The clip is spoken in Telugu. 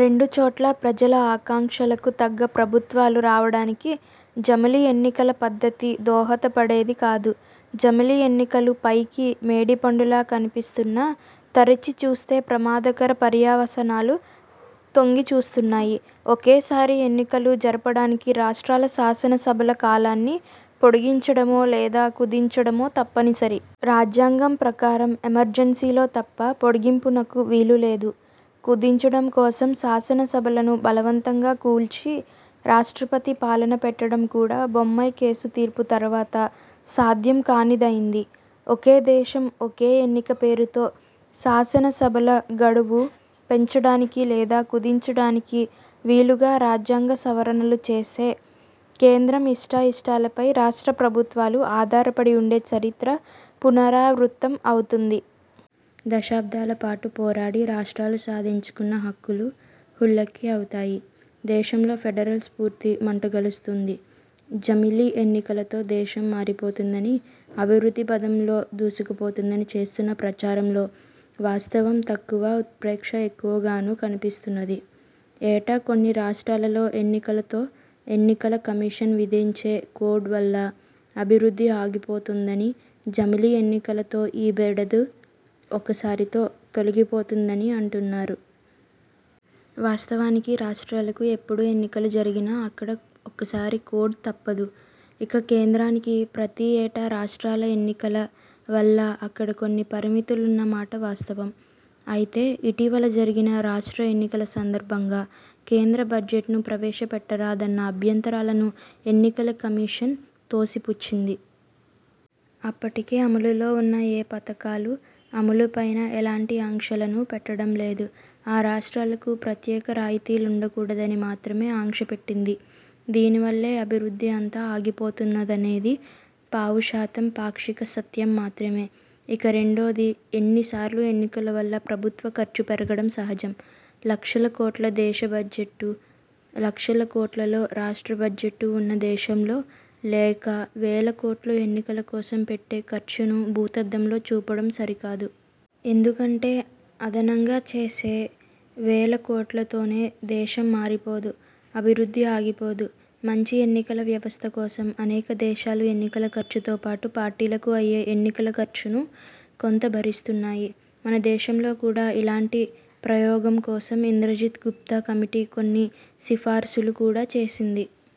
రెండు చోట్లా ప్రజల ఆకాంక్షలకు తగ్గ ప్రభుత్వాలు రావడానికి జమిలి ఎన్నికల పద్ధతి దోహదపడేది కాదు. జమిలి ఎన్నికలు పైకి మేడి పండులా కనిపిస్తున్నా తరిచి చూస్తే ప్రమాదకర పర్యవసానాలు తొంగి చూస్తున్నాయి. ఒకేసారి ఎన్నికలు జరపడానికి రాష్ట్రాల శాసనసభల కాలాన్ని పొడిగించడమో లేదా కుదించడమో తప్పనిసరి. రాజ్యాంగం ప్రకారం ఎమర్జెన్సీలో తప్ప పొడిగింపునకు వీలులేదు. కుదించడం కోసం శాసనసభలను బలవంతంగా కూల్చి రాష్ట్రపతి పాలన పెట్టడం కూడా బొమ్మై కేసు తీర్పు తర్వాత సాధ్యంకానిదైంది. ఒకే దేశం -ఒకేఎన్నిక పేరుతో శాసనసభల గడువు పెంచడానికి లేదా కుదించడానికి వీలుగా రాజ్యాంగ సవరణలు చేస్తే కేంద్రం ఇష్టాయిష్టాలపై రాష్ట్ర ప్రభుత్వాలు ఆధారపడి వుండే చరిత్ర పునరావృత్తం అవుతుంది. దశాబ్దాల పాటు పోరాడి రాష్ట్రాలు సాధించుకున్న హక్కులు హుళక్కి అవుతాయి. దేశంలో ఫెడరల్ స్ఫూర్తి మంటగలుస్తుంది. జమిలి ఎన్నికలతో దేశం మారిపోతుందనీ, అభివృద్ధి పథంలో దూసుకుపోతుందని చేస్తున్న ప్రచారంలో వాస్తవం తక్కువ ఉత్ప్రేక్ష ఎక్కువగానూ కనిపిస్తున్నది. ఏటా కొన్ని రాష్ట్రాలలో ఎన్నికలతో ఎన్నికల కమిషన్ విధించే కోడ్ వల్ల అభివృద్ధి ఆగిపోతుందని జమిలి ఎన్నికలతో ఈ బెడద ఒకసారితో తొలిగిపోతుందనీ అంటున్నారు. వాస్తవానికి రాష్ట్రాలకు ఎప్పుడు ఎన్నికలు జరిగినా అక్కడ ఒకసారి కోడ్ తప్పదు. ఇక కేంద్రానికి ప్రతి ఏటా రాష్ట్రాల ఎన్నికల వల్ల అక్కడ కొన్ని పరిమితులున్న మాట వాస్తవం. అయితే ఇటీవల జరిగిన రాష్ట్రాల ఎన్నికల సందర్భంగా కేంద్ర బడ్జెట్ను ప్రవేశపెట్టరాదన్న అభ్యంతరాలను ఎన్నికల కమిషన్ తోసిపుచ్చింది. అప్పటికే అమలులోవున్న ఏ పథకాల అమలుపైనా ఎలాంటి ఆంక్షలను పెట్టడం లేదు. ఆ రాష్ట్రాలకు ప్రత్యేక రాయితీలుండకూడదని మాత్రమే ఆంక్షపెట్టింది. దీనివల్లే అభివృద్ధి అంతా ఆగిపోతున్నదనేది పావుశాతం పాక్షిక సత్యం మాత్రమే. ఇక రెండోది ఇన్నిసార్లు ఎన్నికల వల్ల ప్రభుత్వ ఖర్చు పెరగడం సహజం. లక్షల కోట్ల దేశ బడ్జెట్, లక్షల కోట్లలో రాష్ట్ర బడ్జెట్లు వున్న దేశంలో లేక వేలకోట్లు ఎన్నికల కోసం పెట్టే ఖర్చును భూతద్దంలో చూపడం సరికాదు. ఎందుకంటే అదనంగా చేసే, వేల కోట్లుతోనే దేశం మారిపోదు, అభివృద్ధి ఆగిపోదు. మంచి ఎన్నికల వ్యవస్థ కోసం అనేక దేశాలు ఎన్నికల ఖర్చుతో పాటు పార్టీలకు అయ్యే ఎన్నికల ఖర్చును కొంత భరిస్తున్నాయి. మనదేశంలో కూడా ఇలాంటి ప్రయోగం కోసం ఇంద్రజిత్ గుప్తా కమిటీ కొన్ని సిఫారసులు కూడా చేసింది.